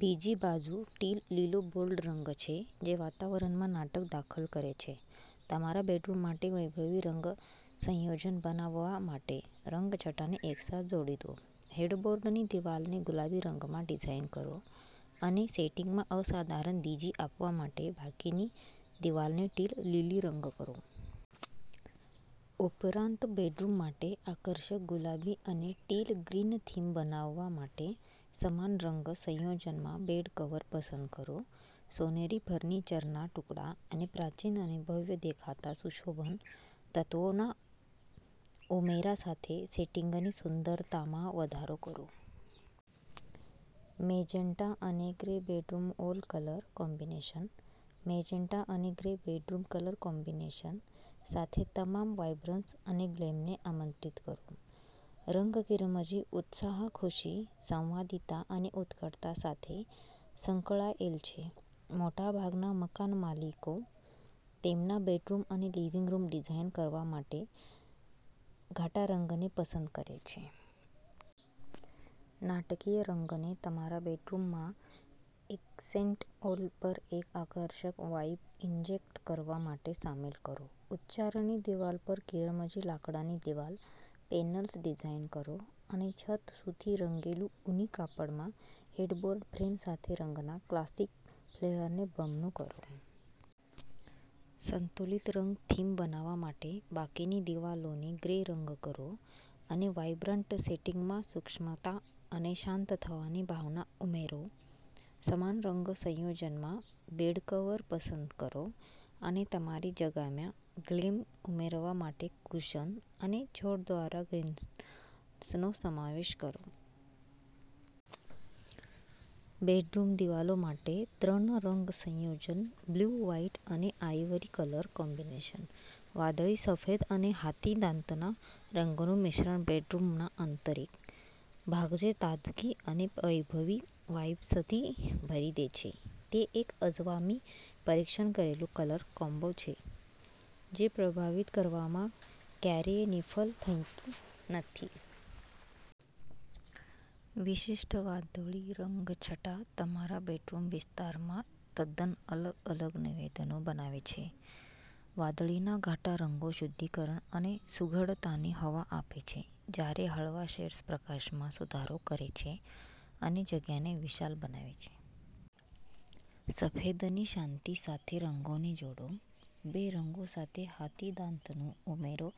બીજી બાજુ, ટીલ લીલો બોલ્ડ રંગ છે જે વાતાવરણમાં નાટક દાખલ કરે છે. તમારા બેડરૂમ માટે વૈભવી રંગ સંયોજન બનાવવા માટે રંગછટાને એકસાથે જોડી દો. હેડબોર્ડની દિવાલને ગુલાબી રંગમાં ડિઝાઇન કરો અને સેટિંગમાં અસાધારણ દીપ્તિ આપવા માટે બાકીની દિવાલને ટીલ લીલી રંગ કરો. ઉપરાંત, બેડરૂમ માટે આકર્ષક ગુલાબી અને ટીલ ગ્રીન થીમ બનાવવા માટે સમાન રંગ સંયોજનમાં બેડ કવર પસંદ કરો. સોનેરી ફર્નિચરના ટુકડા અને પ્રાચીન અને ભવ્ય દેખાતા સુશોભન તત્વોના ઉમેરા સાથે સેટિંગની સુંદરતામાં વધારો કરો. મેજેન્ટા અને grey bedroom wall colour combination. Magenta અને ગ્રે બેડરૂમ કલર કોમ્બિનેશન સાથે તમામ વાઇબ્રન્સ અને ગ્લેમને આમંત્રિત કરો રંગ "કિરમજી" ઉત્સાહ, ખુશી, સંવાદિતા અને ઉત્કટતા સાથે સંકળાયેલ છે. મોટાભાગના મકાનમાલિકો તેમના બેડરૂમ અને લિવિંગ રૂમ ડિઝાઇન કરવા માટે ઘાટા રંગને પસંદ કરે છે. નાટકીય રંગને તમારા બેડરૂમમાં એક્સેન્ટ વોલ પર એક આકર્ષક વાઇબ ઇન્જેક્ટ કરવા માટે સામેલ કરો. ઉચ્ચારની દિવાલ પર કિરમજી લાકડાની દિવાલ પેનલ્સ ડિઝાઇન કરો અને છત સુધી રંગેલું ઊની કાપડમાં હેડબોર્ડ ફ્રેમ સાથે રંગના ક્લાસિક ફ્લેરને બમણું કરો. સંતુલિત રંગ થીમ બનાવવા માટે બાકીની દિવાલોને ગ્રે રંગ કરો અને વાઇબ્રન્ટ સેટિંગમાં સૂક્ષ્મતા અને શાંત થવાની ભાવના ઉમેરો. સમાન રંગ સંયોજનમાં બેડકવર પસંદ કરો અને તમારી જગ્યામાં ગ્લેમ ઉમેરવા માટે કુશન અને છોડ દ્વારા ગ્રીન્સનો સમાવેશ કરો. બેડરૂમ દિવાલો માટે ત્રણ રંગ સંયોજન બ્લુ, વ્હાઇટ અને આઇવરી કલર કોમ્બિનેશન વાદળી, સફેદ અને હાથીદાંતના રંગનું મિશ્રણ બેડરૂમના આંતરિક ભાગને તાજગી અને વૈભવી વાઇબ્સથી ભરી દે છે તે એક અજમાવી-પરીક્ષણ કરેલ કલર કોમ્બો છે જે પ્રભાવિત કરવામાં ક્યારેય નિષ્ફળ થતો નથી! વિશિષ્ટ વાદળી રંગછટા તમારા બેડરૂમ વિસ્તારમાં તદ્દન અલગ અલગ નિવેદનો બનાવે છે. વાદળીના ઘાટા રંગો શુદ્ધિકરણ અને સુઘડતાની હવા આપે છે, જ્યારે હળવા શેડ્સ પ્રકાશમાં સુધારો કરે છે અને જગ્યાને વિશાળ બનાવે છે. સફેદની શાંતિ સાથે રંગોને જોડો. બે રંગો સાથે હાથીદાંતનો ઉમેરો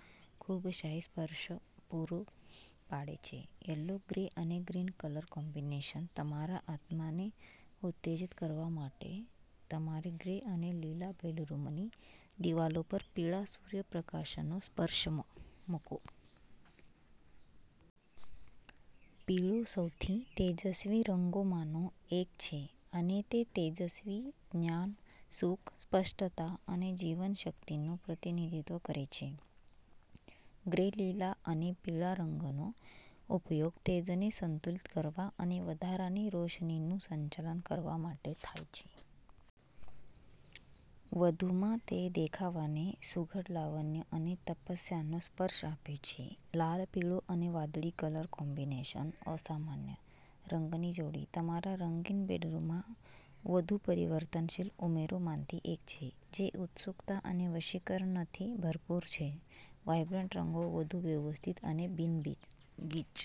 ખૂબશાહી સ્પર્શ પૂરો પાડે છે. યલો, ગ્રે અને ગ્રીન કલર કોમ્બિનેશન તમારા આત્માને ઉત્તેજીત કરવા માટે તમારી ગ્રે અને લીલા બેડરૂમની દિવાલો પર પીળા સૂર્યપ્રકાશનો સ્પર્શ મૂકો. પીળોસૌથી તેજસ્વી રંગોમાંનો એક છે અને તે તેજસ્વી, જ્ઞાન, સુખ, સ્પષ્ટતા અને જીવનશક્તિનું પ્રતિનિધિત્વ કરે છે. ગ્રે, લીલો અને પીળો રંગનો ઉપયોગ તેજને સંતુલિત કરવા અને વધારાની રોશનીનું સંચાલન કરવા માટે થાય છે. વધુમાં, તે દેખાવને સુઘડ લાવણ્ય અને તપસ્યાનો સ્પર્શ આપે છે. લાલ, પીળો અને વાદળી કલર કોમ્બિનેશન અસામાન્ય રંગની જોડી તમારા રંગીન બેડરૂમમાં વધુ પરિવર્તનશીલ ઉમેરણો પૈકી એક છે, જે ઉત્સુકતા અને વશીકરણથી ભરપૂર છે. વાઇબ્રન્ટ રંગો વધુ વ્યવસ્થિત અને બિન-ગીચ